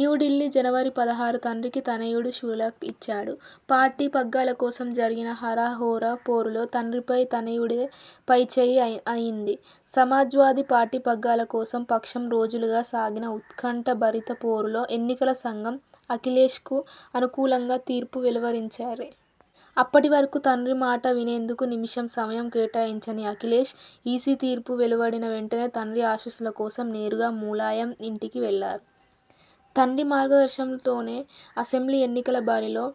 న్యూఢిల్లీ, జనవరి పదహారు తండ్రికి తనయుడు ఝలక్ ఇచ్చాడు. పార్టీ పగ్గాల కోసం జరిగిన హోరాహోరీ పోరులో తండ్రిపై తనయుడిదే పైచేయి అయింది. సమాజ్వాదీ పార్టీ పగ్గాల కోసం పక్షం రోజులుగా సాగిన ఉత్కంఠ భరిత పోరులో ఎన్నికల సంఘం అఖిలేశ్ కు అనుకూలంగా తీర్పు వెలువరించింది. అప్పటి వరకు తండ్రి మాట వినేందుకు నిమిషం సమయం కేటాయించని అఖిలేశ్, ఈసీ తీర్పు వెలువడిన వెంటనే తండ్రి ఆశీస్సుల కోసం నేరుగా ములాయం ఇంటికి వెళ్లారు. తండ్రి మార్గదర్శకత్వంలోనే అసెంబ్లీ ఎన్నికల బరిలో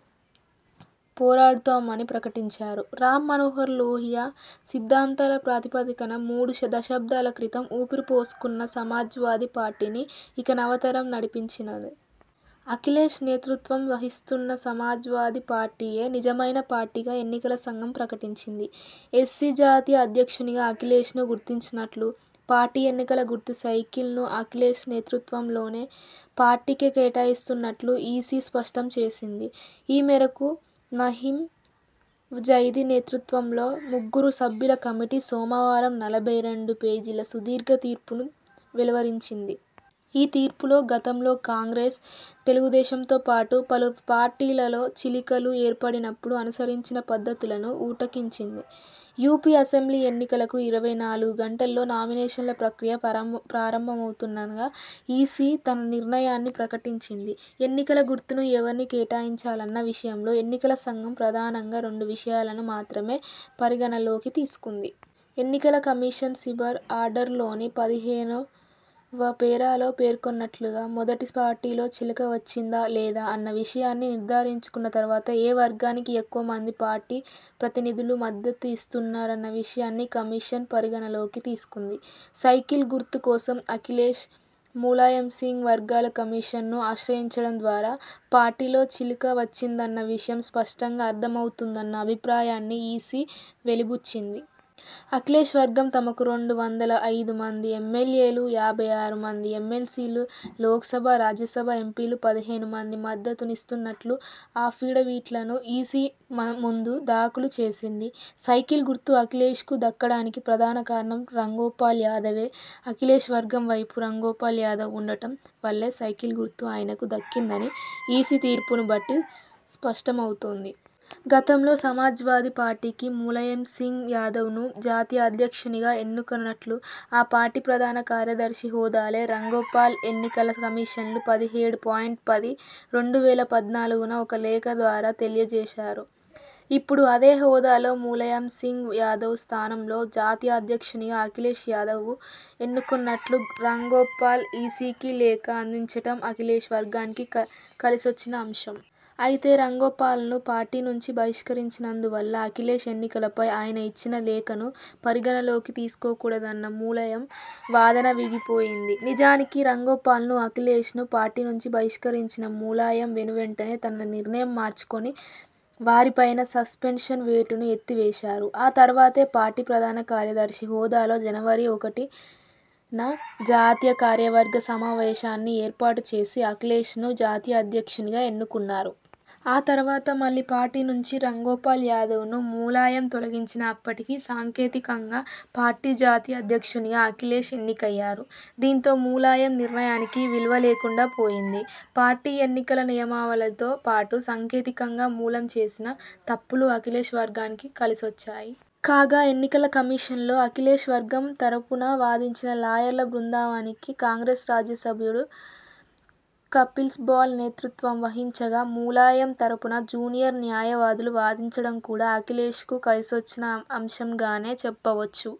పోరాడుతామని ప్రకటించారు. రామ్ మనోహర్ లోహియా సిద్ధాంతాల ప్రాతిపదికన మూడు దశాబ్దాల క్రితం ఊపిరి పోసుకున్న సమాజ్వాది పార్టీని ఇక నవతరం నడిపించనుంది. అఖిలేశ్ నేతృత్వం వహిస్తున్న సమాజ్వాదీ పార్టీయే నిజమైన పార్టీగా ఎన్నికల సంఘం ప్రకటించింది. ఎస్పీ జాతీయ అధ్యక్షునిగా అఖిలేశ్ ను గుర్తిస్తున్నట్లు, పార్టీ ఎన్నికల గుర్తు సైకిల్ ను అఖిలేశ్ నేతృత్వంలోని పార్టీకే కేటాయిస్తున్నట్లు ఈసీ స్పష్టం చేసింది. ఈమేరకు నసీం జైదీ నేతృత్వంలోని ముగ్గురు సభ్యుల కమిటీ సోమవారం నలభై రెండు పేజీల సుదీర్ఘ తీర్పును వెలువరించింది. ఈ తీర్పులో గతంలో కాంగ్రెస్, తెలుగుదేశంతోపాటు పలు పార్టీలలో చీలికలు ఏర్పడినప్పుడు అనుసరించిన పద్ధతులనూ ఉటంకించింది. యూపీ అసెంబ్లీ ఎన్నికలకు ఇరవై నాలుగు గంటల్లో నామినేషన్ల ప్రక్రియ ప్రారంభమవుతుందనగా ఈసీ తన నిర్ణయాన్ని ప్రకటించింది. ఎన్నికల గుర్తును ఎవరికి కేటాయించాలన్న విషయంలో ఎన్నికల సంఘం ప్రధానంగా రెండు విషయాలను మాత్రమే పరిగణలోకి తీసుకుంది. ఎన్నికల కమిషన్ సింబల్ ఆర్డర్లోని పదిహేనువ పేరాలో పేర్కొన్నట్లుగా మొదట పార్టీలో చీలిక వచ్చిందా? లేదా? అన్న విషయాన్ని నిర్ధారించుకున్న తర్వాత ఏ వర్గానికి ఎక్కువ మంది పార్టీ ప్రతినిధులు మద్దతు ఇస్తున్నారన్న విషయాన్ని కమిషన్ పరిగణలోకి తీసుకుంది. సైకిల్ గుర్తు కోసం అఖిలేశ్, ములాయంసింగ్ వర్గాలు కమిషన్ను ఆశ్రయించడం ద్వారా పార్టీలో చీలిక వచ్చిందన్న విషయం స్పష్టంగా అర్ధమవుతుందన్న అభిప్రాయాన్ని ఈసీ వెలిబుచ్చింది. అఖిలేశ్ వర్గం తమకు రెండు వందల ఐదు మంది ఎమ్మెల్యేలు, యాభై ఆరు మంది ఎమ్మెల్సీలు, లోక్సభ, రాజ్యసభ ఎంపీలు పదిహేను మంది మద్దతునిస్తున్నట్లు అఫిడవిట్లను ఈసీ ముందు దాఖలు చేసింది. సైకిల్ గుర్తు అఖిలేశ్ కు దక్కడానికి ప్రధాన కారణం రాంగోపాల్ యాదవే. అఖిలేశ్ వర్గం వైపు రాంగోపాల్ యాదవ్ ఉండటం వల్లే సైకిల్ గుర్తు ఆయనకు దక్కిందని ఈసీ తీర్పును బట్టి స్పష్టమవుతోంది. గతంలో సమాజ్వాది పార్టీకి ములాయంసింగ్ యాదవ్ ను జాతీయ అధ్యక్షునిగా ఎన్నుకున్నట్లు ఆ పార్టీ ప్రధాన కార్యదర్శి హోదాలో రాంగోపాల్ ఎన్నికల కమిషన్కు పదిహేడు పాయింట్ పది.రెండు వేల పద్నాలుగున ఒక లేఖ ద్వారా తెలియ జేశారు. ఇప్పుడు అదే హోదాలో ములాయంసింగ్ యాదవ్ స్థానంలో జాతీయ అధ్యక్షునిగా అఖిలేశ్ యాదవ్ను ఎన్నుకున్నట్లు రాంగోపాల్ ఈసీకి లేఖ అందించడం అఖిలేశ్ వర్గానికి కలిసొచ్చిన అంశం. అయితే రాంగోపాల్ను పార్టీ నుంచి బహిష్కరించినందు వల్ల అఖిలేశ్ ఎన్నికపై ఆయన ఇచ్చిన లేఖను పరిగణలోకి తీసుకోకూడదన్న ములాయం వాదన వీగిపోయింది. నిజానికి రాంగోపాల్ను, అఖిలేశ్ ను పార్టీ నుంచి బహిష్కరించిన ములాయం వెనువెంటనే తన నిర్ణయం మార్చుకొని వారిపైన సస్పెన్షన్ వేటును ఎత్తివేశారు. ఆ తర్వాతే పార్టీ ప్రధాన కార్యదర్శి హోదాలో జనవరి ఒకటిన జాతీయ కార్యవర్గ సమావేశాన్ని ఏర్పాటు చేసి అఖిలేశ్ ను జాతీయ అధ్యక్షునిగా ఎన్నుకున్నారు. ఆ తర్వాత మళ్లీ పార్టీ నుంచి రాంగోపాల్ యాదవ్ ను ములాయం తొలగించినా అప్పటికి సాంకేతికంగా పార్టీ జాతీయ అధ్యక్షునిగా అఖిలేశ్ ఎన్నికయ్యారు. దీంతో ములాయం నిర్ణయానికి విలువ లేకుండా పోయింది. పార్టీ ఎన్నికల నియమావళితో పాటు సాంకేతికంగా ములాం చేసిన తప్పులు అఖిలేశ్ వర్గానికి కలిసొచ్చాయి. కాగా ఎన్నికల కమిషన్లో అఖిలేశ్ వర్గం తరఫున వాదించిన లాయర్ల బృందానికి కాంగ్రెస్ రాజ్యసభ సభ్యుడు కపిల్సిబాల్ నేతృత్వం వహించగా, ములాయం తరపున జూనియర్ న్యాయవాదులు వాదించడం కూడా అఖిలేశ్ కు కలిసొచ్చిన అంశంగానే చెప్పవచ్చు.